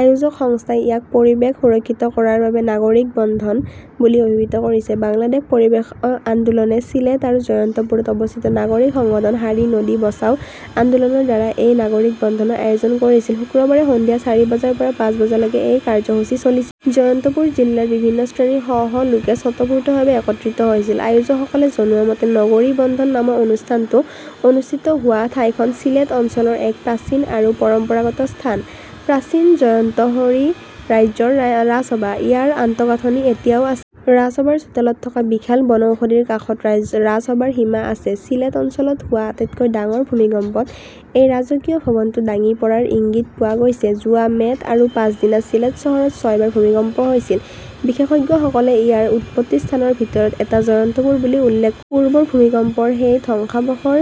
আয়োজক সংস্থাই ইয়াক "পৰিৱেশ সুৰক্ষিত কৰাৰ বাবে নাগৰিক বন্ধন" বুলি অভিহিত কৰিছে। বাংলাদেশ পৰিৱেশৰ আন্দোলনে চিলেট আৰু জয়ন্তপুৰত অৱস্থিত নাগৰিক সংগঠন শাৰী নদী বচাও আন্দোলনৰ দ্বাৰা এই নাগৰিক বন্ধনৰ আয়োজন কৰিছিল। শুক্ৰবাৰে সন্ধিয়া চাৰি বজাৰ পৰা পাঁচ বজালৈকে এই কাৰ্যসূচী চলিছিল। জয়ন্তপুৰ জিলাৰ বিভিন্ন শ্ৰেণীৰ শ শ লোকে স্বতঃস্ফূৰ্তভাৱে একত্ৰিত হৈছিল। আয়োজকসকলে জনোৱা মতে, নগৰী বন্ধন নামৰ অনুষ্ঠানটো অনুষ্ঠিত হোৱা ঠাইখন চিলেট অঞ্চলৰ এক প্ৰাচীন আৰু পৰম্পৰাগত স্থান। প্ৰাচীন জয়ন্তহৰী ৰাজ্যৰ ৰাজসভা। ইয়াৰ আন্তঃগাঁথনি এতিয়াও আ ৰাজসভাৰ চোতালত থকা বিশাল বনৌষধিৰ কাষত ৰাইজ ৰাজসভাৰ সীমা আছে। চিলেট অঞ্চলত হোৱা আটাইতকৈ ডাঙৰ ভূমিকম্পত এই ৰাজকীয় ভৱনটো ভাঙি পৰাৰ ইংগিত পোৱা গৈছে। যোৱা মে'ত আৰু পাছদিনা চিলেট চহৰত ছয়বাৰ ভূমিকম্প হৈছিল। বিশেষজ্ঞসকলে ইয়াৰ উৎপত্তি স্থানৰ ভিতৰত এটা জয়ন্তপুৰ বুলি উল্লেখ পূৰ্বৰ ভূমিকম্পৰ সেই ধ্বংসাৱশষৰ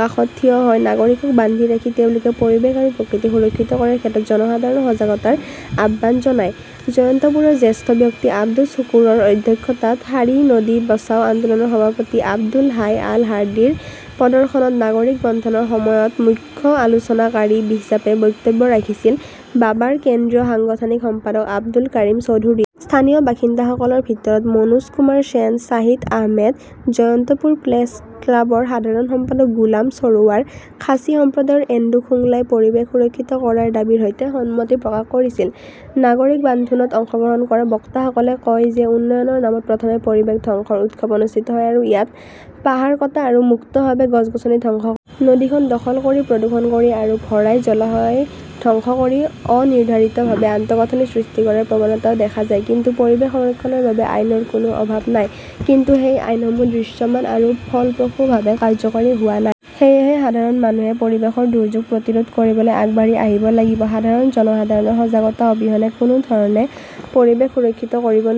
কাষত থিয় হৈ নাগৰিকক বান্ধি ৰাখি তেওঁলোকে পৰিৱেশ আৰু প্ৰকৃতি সুৰক্ষিত কৰাৰ ক্ষেত্ৰত জনসাধাৰণৰ সজাগতাৰ আহ্বান জনায়। জয়ন্তপুৰৰ জ্যেষ্ঠ ব্যক্তি আব্দুছ শুকুৰৰ অধ্যক্ষতাত শাৰী নদী বচাও আন্দোলনৰ সভাপতি আব্দুল হাই আল হাদিৰ প্ৰদৰ্শনত নাগৰিক বন্ধনৰ সময়ত মুখ্য আলোচনাকাৰী হিচাপে বক্তব্য ৰাখিছিল বাবাৰ কেন্দ্ৰীয় সাংগঠনিক সম্পাদক আব্দুল কাৰিম চৌধুৰী স্থানীয় বাসিন্দাসকলৰ ভিতৰত মনোজ কুমাৰ সেন, শ্বাহিদ আহমেদ, জয়ন্তপুৰ প্ৰেছ ক্লাবৰ সাধাৰণ সম্পাদক গোলাম সৰোৱাৰ, খাচী সম্প্ৰদায়ৰ এণ্ডু খোংলাই পৰিৱেশ সুৰক্ষিত কৰাৰ দাবীৰ সৈতে সন্মতি প্ৰকাশ কৰিছিল। নাগৰিক বান্ধোনত অংশগ্ৰহণ কৰা বক্তাসকলে কয় যে উন্নয়নৰ নামত প্ৰথমে পৰিৱেশ ধ্বংসৰ উৎসৱ অনুষ্ঠিত হয় আৰু ইয়াত পাহাৰ কটা আৰু মুক্তভাৱে গছ-গছনি ধ্বংস নদীখন দখল কৰি, প্ৰদূষণ কৰি আৰু ভৰাই জলাশয় ধ্বংস কৰি অনিৰ্ধাৰিতভাৱে আন্তঃগাঁথনি সৃষ্টি কৰাৰ প্ৰৱণতাও দেখা যায়। কিন্তু পৰিৱেশ সংৰক্ষণৰ বাবে আইনৰ কোনো অভাৱ নাই। কিন্তু সেই আইনসমূহ দৃশ্যমান আৰু ফলপ্ৰসূভাৱে কাৰ্যকৰী কৰা হোৱা নাই। সেয়েহে সাধাৰণ মানুহে পৰিৱেশৰ দুৰ্যোগ প্ৰতিৰোধ কৰিবলৈ আগবাঢ়ি আহিব লাগিব। সাধাৰণ জনসাধাৰণৰ সজাগতা অবিহনে কোনো ধৰণে পৰিৱেশ সুৰক্ষিত কৰিব নো